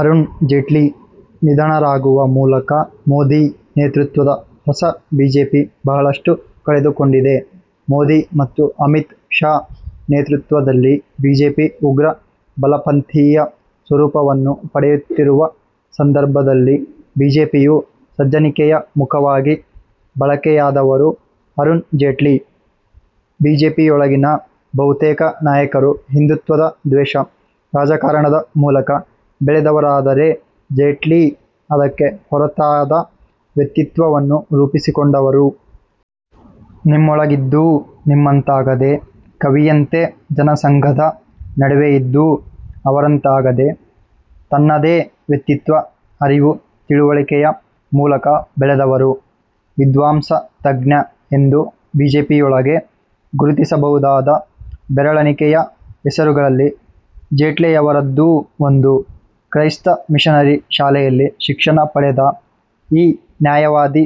ಅರುಣ್ ಜೇಟ್ಲಿ ನಿಧನರಾಗುವ ಮೂಲಕ, ಮೋದಿ ನೇತೃತ್ವದ ಹೊಸ ಬಿಜೆಪಿ ಬಹಳಷ್ಟು ಕಳೆದುಕೊಂಡಿದೆ. ಮೋದಿ ಮತ್ತು ಅಮಿತ್ ಶಾ ನೇತೃತ್ವದಲ್ಲಿ ಬಿಜೆಪಿ ಉಗ್ರ ಬಲಪಂಥೀಯ ಸ್ವರೂಪವನ್ನು ಪಡೆಯುತ್ತಿರುವ ಸಂದರ್ಭದಲ್ಲಿ ಬಿಜೆಪಿಯ ಸಜ್ಜನಿಕೆಯ ಮುಖವಾಗಿ ಬಳಕೆಯಾದವರು ಅರುಣ್ ಜೇಟ್ಲಿ. ಬಿಜೆಪಿಯೊಳಗಿನ ಬಹುತೇಕ ನಾಯಕರು ಹಿಂದುತ್ವದ ದ್ವೇಷ ರಾಜಕಾರಣದ ಮೂಲಕ ಬೆಳೆದವರಾದರೆ ಜೇಟ್ಲಿ ಅದಕ್ಕೆ ಹೊರತಾದ ವ್ಯಕ್ತಿತ್ವವನ್ನು ರೂಪಿಸಿಕೊಂಡವರು. ನಿಮ್ಮೊಳಗಿದ್ದೂ ನಿಮ್ಮಂತಾಗದೆ ಕವಿತೆಯಂತೆ, ಜನಸಂಘದ ನಡುವೆಯಿದ್ದೂ ಅವರಂತಾಗದೆ, ತನ್ನದೇ ವ್ಯಕ್ತಿತ್ವ, ಅರಿವು, ತಿಳುವಳಿಕೆಯ ಮೂಲಕ ಬೆಳೆದವರು. ವಿದ್ವಾಂಸ, ತಜ್ಞ ಎಂದು ಬಿಜೆಪಿಯೊಳಗೆ ಗುರುತಿಸಬಹುದಾದ ಬೆರಳೆಣಿಕೆಯ ಹೆಸರುಗಳಲ್ಲಿ ಜೇಟ್ಲಿಯವರದ್ದೂ ಒಂದು. ಕ್ರೈಸ್ತ ಮಿಶನರಿ ಶಾಲೆಯಲ್ಲಿ ಶಿಕ್ಷಣ ಪಡೆದ ಈ ನ್ಯಾಯವಾದಿ,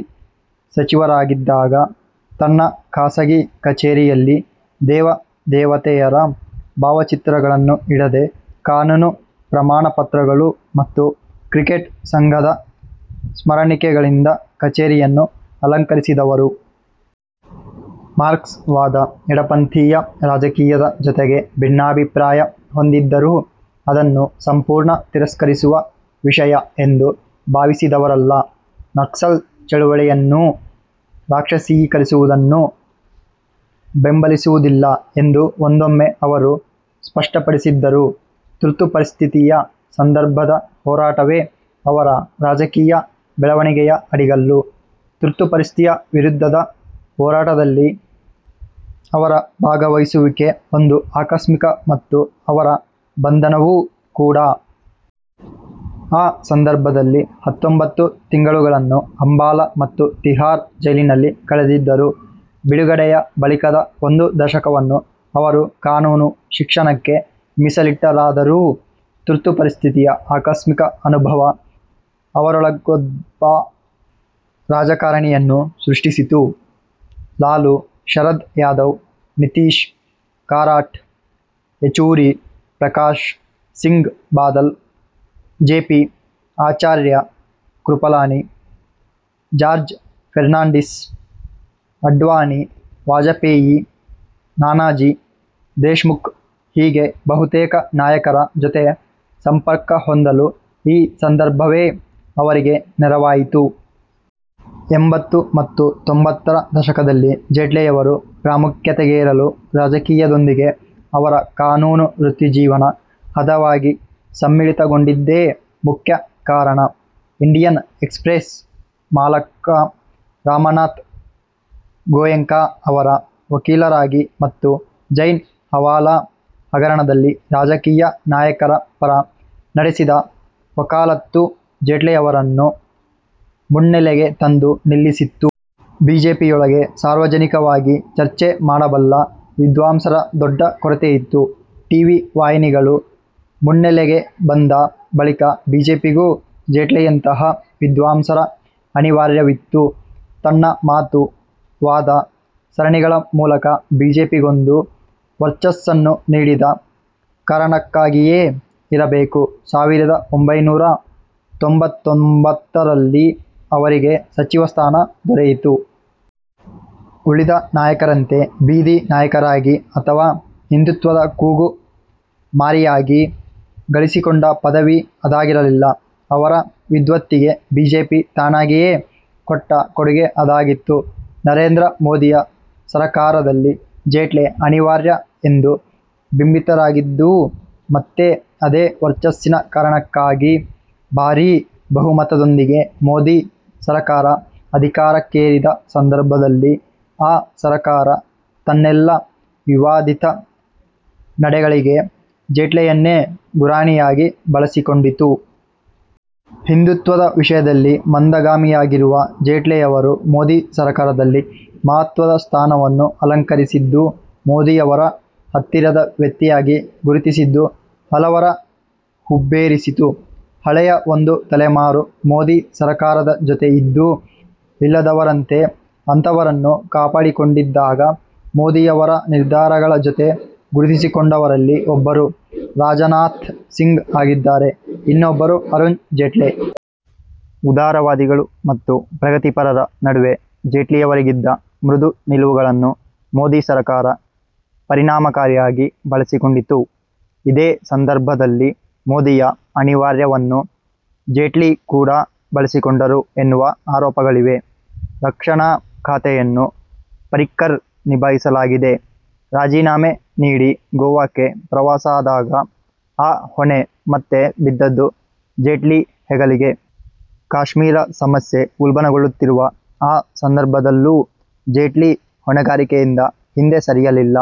ಸಚಿವರಾಗಿದ್ದಾಗ ತನ್ನ ಖಾಸಗಿ ಕಚೇರಿಯಲ್ಲಿ ದೇವ ದೇವತೆಯರ ಭಾವಚಿತ್ರಗಳನ್ನು ಇಡದೆ ಕಾನೂನು ಪ್ರಮಾಣಪತ್ರಗಳು ಮತ್ತು ಕ್ರಿಕೆಟ್ ಸಂಘದ ಸ್ಮರಣಿಕೆಗಳಿಂದ ಕಚೇರಿಯನ್ನು ಅಲಂಕರಿಸಿದವರು. ಮಾರ್ಕ್ಸ್ ವಾದ, ಎಡಪಂಥೀಯ ರಾಜಕೀಯದ ಜೊತೆಗೆ ಭಿನ್ನಾಭಿಪ್ರಾಯ ಹೊಂದಿದ್ದರೂ, ಅದನ್ನು ಸಂಪೂರ್ಣ ತಿರಸ್ಕರಿಸುವ ವಿಷಯ ಎಂದು ಭಾವಿಸಿದವರಲ್ಲ. ನಕ್ಸಲ್ ಚಳವಳಿಯನ್ನೂ ರಾಕ್ಷಸೀಕರಿಸುವುದನ್ನು ಬೆಂಬಲಿಸುವುದಿಲ್ಲ ಎಂದು ಒಂದೊಮ್ಮೆ ಅವರು ಸ್ಪಷ್ಟಪಡಿಸಿದ್ದರು. ತುರ್ತುಪರಿಸ್ಥಿತಿಯ ಸಂದರ್ಭದ ಹೋರಾಟವೇ ಅವರ ರಾಜಕೀಯ ಬೆಳವಣಿಗೆಯ ಅಡಿಗಲ್ಲು. ತುರ್ತುಪರಿಸ್ಥಿತಿಯ ವಿರುದ್ಧದ ಹೋರಾಟದಲ್ಲಿ ಅವರ ಭಾಗವಹಿಸುವಿಕೆ ಒಂದು ಆಕಸ್ಮಿಕ ಮತ್ತು ಅವರ ಬಂಧನವೂ ಕೂಡ. ಆ ಸಂದರ್ಭದಲ್ಲಿ ಹತ್ತೊಂಬತ್ತು ತಿಂಗಳುಗಳನ್ನು ಅಂಬಾಲ ಮತ್ತು ತಿಹಾರ್ ಜೈಲಿನಲ್ಲಿ ಕಳೆದಿದ್ದರು. ಬಿಡುಗಡೆಯ ಬಳಿಕದ ಒಂದು ದಶಕವನ್ನು ಅವರು ಕಾನೂನು ಶಿಕ್ಷಣಕ್ಕೆ ಮೀಸಲಿಟ್ಟರಾದರೂ, ತುರ್ತುಪರಿಸ್ಥಿತಿಯ ಆಕಸ್ಮಿಕ ಅನುಭವ ಅವರೊಳಗೊಬ್ಬ ರಾಜಕಾರಣಿಯನ್ನು ಸೃಷ್ಟಿಸಿತ್ತು. ಲಾಲು, ಶರದ್ ಯಾದವ್, ನಿತೀಶ್, ಕಾರಾಟ್, ಯೆಚೂರಿ, ಪ್ರಕಾಶ್ ಸಿಂಗ್ ಬಾದಲ್, ಜೆಪಿ, ಆಚಾರ್ಯ ಕೃಪಲಾನಿ, ಜಾರ್ಜ್ ಫೆರ್ನಾಂಡಿಸ್, ಅಡ್ವಾಣಿ, ವಾಜಪೇಯಿ, ನಾನಾಜಿ ದೇಶ್ಮುಖ್ ಹೀಗೆ ಬಹುತೇಕ ನಾಯಕರ ಜೊತೆ ಸಂಪರ್ಕ ಹೊಂದಲು ಈ ಸಂದರ್ಭವೇ ಅವರಿಗೆ ನೆರವಾಯಿತು. ಎಂಬತ್ತು ಮತ್ತು ತೊಂಬತ್ತರ ದಶಕದಲ್ಲಿ ಜೇಟ್ಲಿಯವರು ಪ್ರಾಮುಖ್ಯತೆಗೇರಲು ರಾಜಕೀಯದೊಂದಿಗೆ ಅವರ ಕಾನೂನು ವೃತ್ತಿಜೀವನ ಹದವಾಗಿ ಸಮ್ಮಿಳಿತಗೊಂಡಿದ್ದೇ ಮುಖ್ಯ ಕಾರಣ. ಇಂಡಿಯನ್ ಎಕ್ಸ್ಪ್ರೆಸ್ ಮಾಲಕ ರಾಮನಾಥ್ ಗೊಯೆಂಕಾ ಅವರ ವಕೀಲರಾಗಿ ಮತ್ತು ಜೈನ್ ಹವಾಲಾ ಹಗರಣದಲ್ಲಿ ರಾಜಕೀಯ ನಾಯಕರ ಪರ ನಡೆಸಿದ ವಕಾಲತ್ತು ಜೇಟ್ಲಿಯವರನ್ನು ಮುನ್ನೆಲೆಗೆ ತಂದು ನಿಲ್ಲಿಸಿತ್ತು. ಬಿಜೆಪಿಯೊಳಗೆ ಸಾರ್ವಜನಿಕವಾಗಿ ಚರ್ಚೆ ಮಾಡಬಲ್ಲ ವಿದ್ವಾಂಸರ ದೊಡ್ಡ ಕೊರತೆಯಿತ್ತು. ಟಿವಿ ವಾಹಿನಿಗಳು ಮುನ್ನೆಲೆಗೆ ಬಂದ ಬಳಿಕ ಬಿಜೆಪಿಗೂ ಜೇಟ್ಲಿಯಂತಹ ವಿದ್ವಾಂಸರ ಅನಿವಾರ್ಯವಿತ್ತು. ತನ್ನ ಮಾತು, ವಾದ ಸರಣಿಗಳ ಮೂಲಕ ಬಿಜೆಪಿಗೊಂದು ವರ್ಚಸ್ಸನ್ನು ನೀಡಿದ ಕಾರಣಕ್ಕಾಗಿಯೇ ಇರಬೇಕು, ಸಾವಿರದ ಒಂಬೈನೂರಾ ತೊಂಬತ್ತೊಂಬತ್ತರಲ್ಲಿ ಅವರಿಗೆ ಸಚಿವ ಸ್ಥಾನ ದೊರೆಯಿತು. ಉಳಿದ ನಾಯಕರಂತೆ ಬೀದಿ ನಾಯಕರಾಗಿ ಅಥವಾ ಹಿಂದುತ್ವದ ಕೂಗು ಮಾರಿಯಾಗಿ ಗಳಿಸಿಕೊಂಡ ಪದವಿ ಅದಾಗಿರಲಿಲ್ಲ. ಅವರ ವಿದ್ವತ್ತಿಗೆ ಬಿಜೆಪಿ ತಾನಾಗಿಯೇ ಕೊಟ್ಟ ಕೊಡುಗೆ ಅದಾಗಿತ್ತು. ನರೇಂದ್ರ ಮೋದಿಯ ಸರಕಾರದಲ್ಲಿ ಜೇಟ್ಲಿ ಅನಿವಾರ್ಯ ಎಂದು ಬಿಂಬಿತರಾಗಿದ್ದೂ ಮತ್ತೆ ಅದೇ ವರ್ಚಸ್ಸಿನ ಕಾರಣಕ್ಕಾಗಿ. ಭಾರೀ ಬಹುಮತದೊಂದಿಗೆ ಮೋದಿ ಸರಕಾರ ಅಧಿಕಾರಕ್ಕೇರಿದ ಸಂದರ್ಭದಲ್ಲಿ ಆ ಸರಕಾರ ತನ್ನೆಲ್ಲ ವಿವಾದಿತ ನಡೆಗಳಿಗೆ ಜೇಟ್ಲಿಯನ್ನೇ ಗುರಾಣಿಯಾಗಿ ಬಳಸಿಕೊಂಡಿತು. ಹಿಂದುತ್ವದ ವಿಷಯದಲ್ಲಿ ಮಂದಗಾಮಿಯಾಗಿರುವ ಜೇಟ್ಲಿಯವರು ಮೋದಿ ಸರಕಾರದಲ್ಲಿ ಮಹತ್ವದ ಸ್ಥಾನವನ್ನು ಅಲಂಕರಿಸಿದ್ದು, ಮೋದಿಯವರ ಹತ್ತಿರದ ವ್ಯಕ್ತಿಯಾಗಿ ಗುರುತಿಸಿದ್ದು ಹಲವರ ಹುಬ್ಬೇರಿಸಿತ್ತು. ಹಳೆಯ ಒಂದು ತಲೆಮಾರು ಮೋದಿ ಸರಕಾರದ ಜೊತೆ ಇದ್ದೂ ಇಲ್ಲದವರಂತೆ ಅಂತರವನ್ನು ಕಾಪಾಡಿಕೊಂಡಿದ್ದಾಗ, ಮೋದಿಯವರ ನಿರ್ಧಾರಗಳ ಜೊತೆಗೆ ಗುರುತಿಸಿಕೊಂಡವರಲ್ಲಿ ಒಬ್ಬರು ರಾಜನಾಥ್ ಸಿಂಗ್ ಆಗಿದ್ದರೆ, ಇನ್ನೊಬ್ಬರು ಅರುಣ್ ಜೇಟ್ಲಿ. ಉದಾರವಾದಿಗಳು ಮತ್ತು ಪ್ರಗತಿಪರರ ನಡುವೆ ಜೇಟ್ಲಿಯವರಿಗಿದ್ದ ಮೃದು ನಿಲುವುಗಳನ್ನು ಮೋದಿ ಸರಕಾರ ಪರಿಣಾಮಕಾರಿಯಾಗಿ ಬಳಸಿಕೊಂಡಿತು. ಇದೇ ಸಂದರ್ಭದಲ್ಲಿ ಮೋದಿಯ ಅನಿವಾರ್ಯವನ್ನು ಜೇಟ್ಲಿ ಕೂಡ ಬಳಸಿಕೊಂಡರು ಎನ್ನುವ ಆರೋಪಗಳಿವೆ. ರಕ್ಷಣಾ ಖಾತೆಯನ್ನು ಪರಿಕ್ಕರ್ ನಿಭಾಯಿಸಲಾಗದೆ ರಾಜೀನಾಮೆ ನೀಡಿ ಗೋವಾಕ್ಕೆ ವಾಪಸಾದಾಗ ಆ ಹೊಣೆ ಮತ್ತೆ ಬಿದ್ದದ್ದು ಜೇಟ್ಲಿ ಹೆಗಲಿಗೆ. ಕಾಶ್ಮೀರ ಸಮಸ್ಯೆ ಉಲ್ಬಣಗೊಳ್ಳುತ್ತಿರುವ ಆ ಸಂದರ್ಭದಲ್ಲೂ ಜೇಟ್ಲಿ ಹೊಣೆಗಾರಿಕೆಯಿಂದ ಹಿಂದೆ ಸರಿಯಲಿಲ್ಲ.